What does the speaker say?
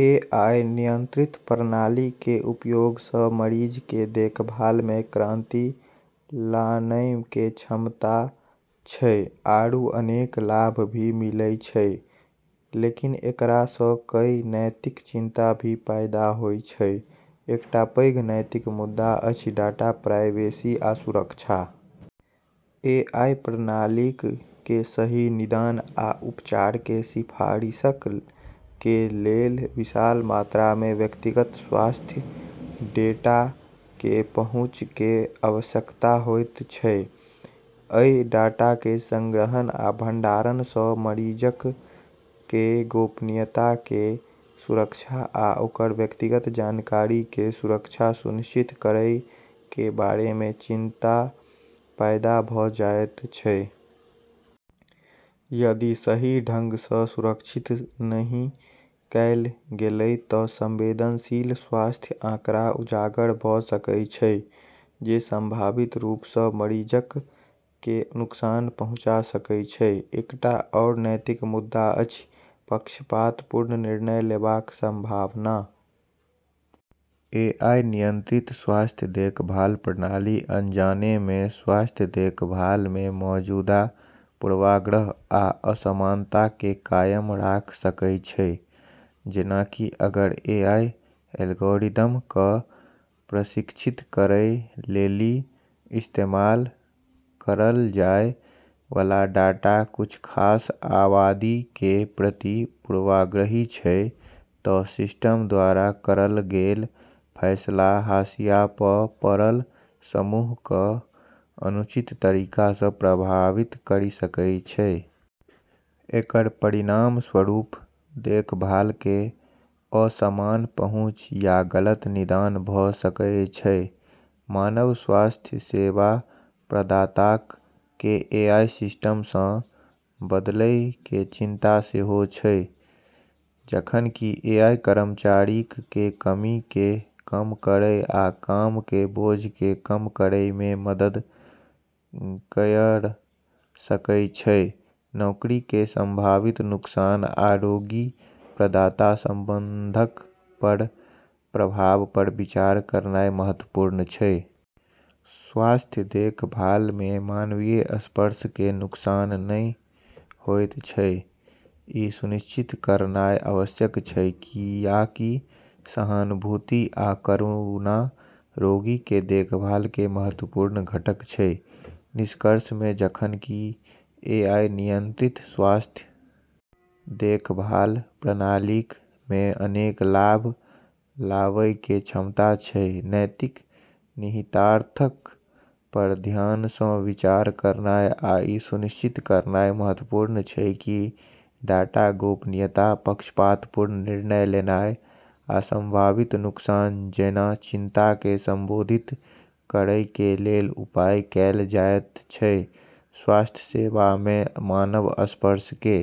AI नियंत्रित प्रणाली के उपयोग स मरीज के देखभाल मे क्रांति लानै के क्षमता छै आरू अनेक लाभ भी मिलै छै, लेकिन एकरा स कई नैतिक चिंता भी पैदा होय छै। एकटा पैघ नैतिक मुद्दा अछि डाटा प्राइवेसी आ सुरक्षा। एआई प्रणालीक के सही निदान आ उपचार के सिफारिशक के लेल विशाल मात्रा मे व्यक्तिगत स्वास्थ्य डेटा के पहुंच के आवश्यकता होयत छै। अइ डाटा के संग्रहण आ भंडारण सं मरीजक के गोपनीयता के सुरक्षा आ ओकर व्यक्तिगत जानकारी के सुरक्षा सुनिश्चित करय के बारे मे चिंता पैदा भ जायत छै। यदि सही ढंग सं सुरक्षित नहि कैल गेलय त संवेदनशील स्वास्थ्य आंकड़ा उजागर भ सकय छै, जे संभावित रूप सं मरीजक के नुकसान पहुंचा सकय छै। एकटा आओर नैतिक मुद्दा अछि पक्षपातपूर्ण निर्णय लेबाक संभावना। एआई नियंत्रित स्वास्थ्य देखभाल प्रणाली अनजाने मे स्वास्थ्य देखभाल मे मौजूदा पूर्वाग्रह आ असमानता के कायम राख सकय छै। जेना कि अगर एआई एल्गोरिदम क प्रशिक्षित करै लेली इस्तेमाल करल जाय वाला डाटा कुछ खास आबादी के प्रति पूर्वाग्रही छै, त सिस्टम द्वारा करल गेल फैसला हाशिया प पड़ल समूह क अनुचित तरीका स प्रभावित करी सकै छै। एकर परिणामस्वरूप देखभाल के असमान पहुंच या गलत निदान भ सकएय छै। मानव स्वास्थ्य सेवा प्रदाताक के एआई सिस्टम सं बदलय के चिंता सेहो छै। जखन कि एआई कर्मचारीक के कमी के कम करय आ काम के बोझ के कम करय मे मदद कयर सकय छै, नौकरी के संभावित नुकसान आ रोगी-प्रदाता संबंधक पर प्रभाव पर विचार करनाय महत्वपूर्ण छै। स्वास्थ्य देखभाल मे मानवीय स्पर्श के नुकसान नहि होयत छै, इ सुनिश्चित करनाय आवश्यक छै, कियाकि सहानुभूति आ करुणा रोगी के देखभाल के महत्वपूर्ण घटक छै। निष्कर्ष मे, जखन कि एआई नियंत्रित स्वास्थ्य देखभाल प्रणालीक मे अनेक लाभ लावय के क्षमता छै, नैतिक निहितार्थक पर ध्यान सं विचार करनाय आ इ सुनिश्चित करनाय महत्वपूर्ण छै की डाटा गोपनीयता, पक्षपातपूर्ण निर्णय लेनाय, आ संभावित नुकसान जैना चिंता के संबोधित करय के लेल उपाय कैल जायत छै स्वास्थ्य सेवा में मानव स्पर्श के।